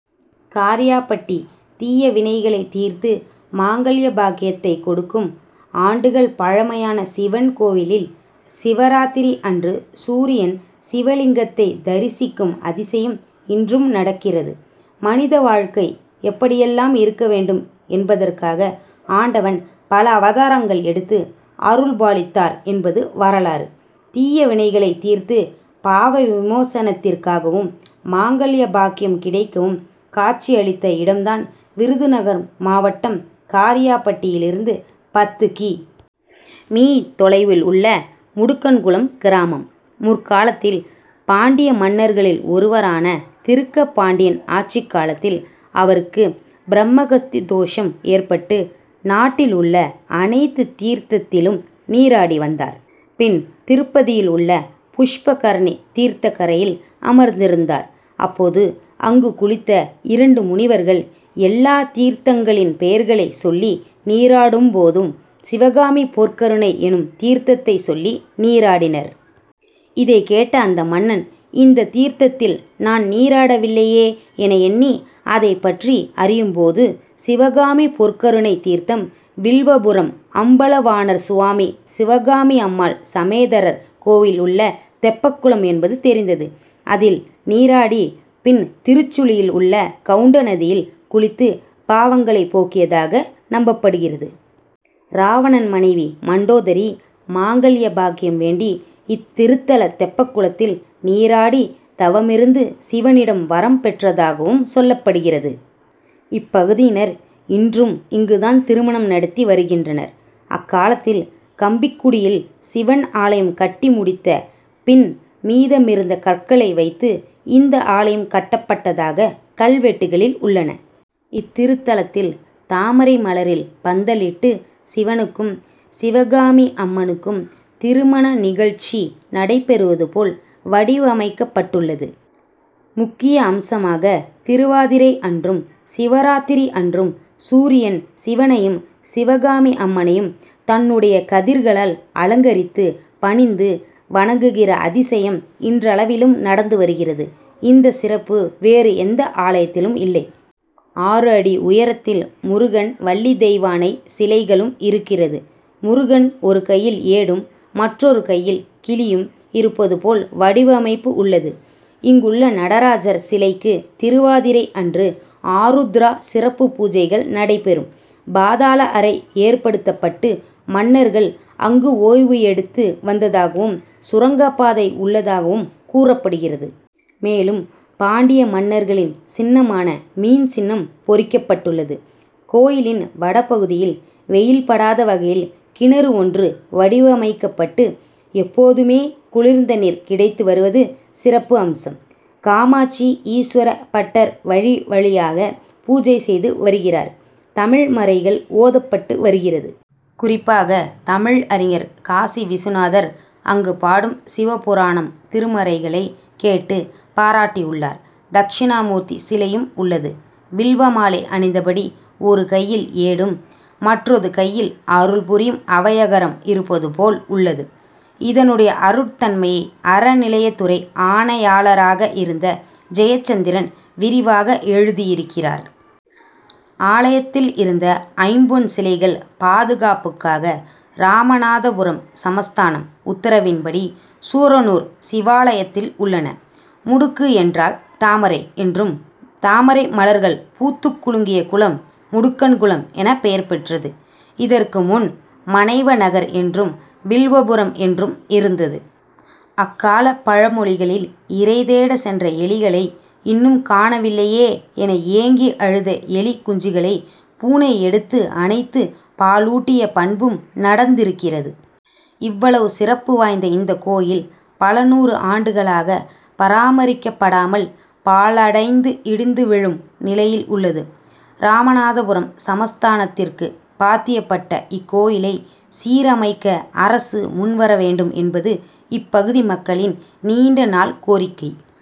காரியாபட்டி தீயவினைகளை தீர்த்து மாங்கல்ய பாக்கியத்தை கொடுக்கும் ஆண்டுகள் பழமையான சிவன்கோயிலில் சிவராத்திரி அன்று சூரியன் சிவலிங்கத்தை தரிசிக்கும் அதிசயம் இன்றும் நடக்கிறது. மனித வாழ்க்கை எப்படி எல்லாம் இருக்க வேண்டும் என்பதற்காக ஆண்டவன் பல அவதாரங்கள் எடுத்து அருள்பாலித்தார் என்பது வரலாறு. தீயவினைகளை தீர்த்து பாவ விமோசனத்திற்காகவும் மாங்கல்ய பாக்கியம் கிடைக்கவும் காட்சி அளித்த இடம்தான் விருதுநகர் மாவட்டம் காரியாபட்டியிலிருந்து பத்து கி. மீ.தொலைவில் உள்ள முடுக்கன்குளம் கிராமம். முற்காலத்தில் பாண்டியமன்னர்களில் ஒருவரான திருக்கபாண்டியன் ஆட்சி காலத்தில் அவருக்கு பிரம்மகஸ்தி தோஷம் ஏற்பட்டு நாட்டில் உள்ள அனைத்து தீர்த்தத்திலும் நீராடி வந்தார். பின் திருப்பதியில் உள்ள புஷ்பகர்ணி தீர்த்தகரையில் அமர்ந்திருந்தார். அப்போது அங்கு குளித்த இரண்டு முனிவர்கள் எல்லா தீர்த்தங்களின் பெயர்களை சொல்லி நீராடும்போது சிவகாமி பொற்கருனை எனும் தீர்த்தத்தை சொல்லி நீராடினர். இதை கேட்ட அந்த மன்னன் இந்த தீர்த்ததில் நான் நீராடவில்லையே என எண்ணி அதைப்பற்றி அறியும்போது சிவகாமி பொற்கருனை தீர்த்தம் வில்வபுரம் அம்பலவாணர்சுவாமி சிவகாமி அம்மாள் சமேதரர் கோயில் உள்ள தெப்பக்குளம் என்பது தெரிந்தது. அதில் நீராடி பின் திருச்சுழியில் உள்ள கவுண்டநதியில் குளித்து பாவங்களை போக்கியதாக நம்பப்படுகிறது. ராவணன் மனைவி மண்டோதரி மாங்கல்ய பாக்கியம் வேண்டி இத்திருத்தல தெப்பகுளத்தில் நீராடி தவமிருந்து சிவனிடம் வரம் பெற்றதாகவும் சொல்லப்படுகிறது. இப்பகுதியினர் இன்றும் இங்குதான் திருமணம் நடத்தி வருகின்றனர். அக்காலத்தில் கம்பிக்குடியில் சிவன் ஆலயம் கட்டி முடித்த பின் மீதமிருந்த கற்களை வைத்து இந்த ஆலயம் கட்டப்பட்டதாக கல்வெட்டுகளில் உள்ளன. இத்திருத்தலத்தில் தாமரை மலரில் பந்தலிட்டு சிவனுக்கும் சிவகாமி அம்மனுக்கும் திருமண நிகழ்ச்சி நடைபெறுவதுபோல் வடிவமைக்கப்பட்டுள்ளது. முக்கிய அம்சமாக திருவாதிரை அன்றும் சிவராத்திரி அன்றும் சூரியன் சிவனையும் சிவகாமி அம்மனையும் தன்னுடைய கதிர்களால் அலங்கரித்து பணிந்து வணங்குகிற அதிசயம் இன்றளவிலும் நடந்து வருகிறது. இந்த சிறப்பு வேறு எந்த ஆலயத்திலும் இல்லை. ஆறு அடி உயரத்தில் முருகன் வள்ளி தெய்வானை சிலைகளும் இருக்கிறது. முருகன் ஒரு கையில் ஏடும் மற்றொரு கையில் கிளியும் இருப்பது போல் வடிவமைப்பு உள்ளது. இங்குள்ள நடராஜர் சிலைக்கு திருவாதிரை அன்று ஆருத்ரா சிறப்பு பூஜைகள் நடைபெறும். பாதாள அறை ஏற்படுத்தப்பட்டு மன்னர்கள் அங்கு ஓய்வு எடுத்து வந்ததாகவும் சுரங்கப்பாதை உள்ளதாகவும் கூறப்படுகிறது. மேலும் பாண்டிய மன்னர்களின் சின்னமான மீன் சின்னம் பொறிக்கப்பட்டுள்ளது. கோயிலின் வடபகுதியில் வெயில் படாத வகையில் கிணறு ஒன்று வடிவமைக்கப்பட்டு எப்போதுமே குளிர்ந்த நீர் கிடைத்து வருவது சிறப்பு அம்சம். காமாட்சி ஈஸ்வர பட்டர் வழி வழியாக பூஜை செய்து வருகிறார். தமிழ் மறைகள் ஓதப்பட்டு வருகிறது. குறிப்பாக தமிழ் அறிஞர் காசிவிசுநாதர் அங்கு பாடும் சிவபுராணம் திருமறைகளை கேட்டு பாராட்டி உள்ளார். தட்சிணாமூர்த்தி சிலையும் உள்ளது. வில்வ மாலை அணிந்த படி ஒரு கையில் ஏடும் மற்றொது கையில் அருள் புரியும் அவையகரம் இருப்பது போல் உள்ளது. இதனுடைய அருட்தன்மையை அறநிலையத்துறை ஆணையாளராக இருந்த ஜெயச்சந்திரன் விரிவாக எழுதி இருக்கிறார். ஆலயத்தில் இருந்த ஐம்பொன் சிலைகள் பாதுகாப்புக்காக ராமநாதபுரம் சமஸ்தானம் உத்தரவின்படி சூரனூர் சிவாலயத்தில் உள்ளன. முடுக்கு என்றால் தாமரை என்றும் தாமரை மலர்கள் பூத்துக் குலுங்கிய குளம் முடுக்கன்களம் என பெயர் பெற்றது. இதற்கு முன் மனைவநகர் என்றும் வில்வபுரம் என்றும் இருந்தது. அக்கால பழமொழிகளில் இறைதேட சென்ற எலிகளை இன்னும் காணவில்லையே என ஏங்கி அழுத எலி குஞ்சுகளை பூனை எடுத்து அணைத்து பாலூட்டிய பண்பும் நடந்திருக்கிறது. இவ்வளவு சிறப்பு வாய்ந்த இந்த கோயில் பல நூறு ஆண்டுகளாக பராமரிக்கப்படாமல் பாழடைந்து இடிந்து விழும் நிலையில் உள்ளது. ராமநாதபுரம் சமஸ்தானத்திற்கு பாத்தியப்பட்ட இக்கோயிலை சீரமைக்க அரசு முன்வரவேண்டும் என்பது இப்பகுதி மக்களின் நீண்ட நாள் கோரிக்கை.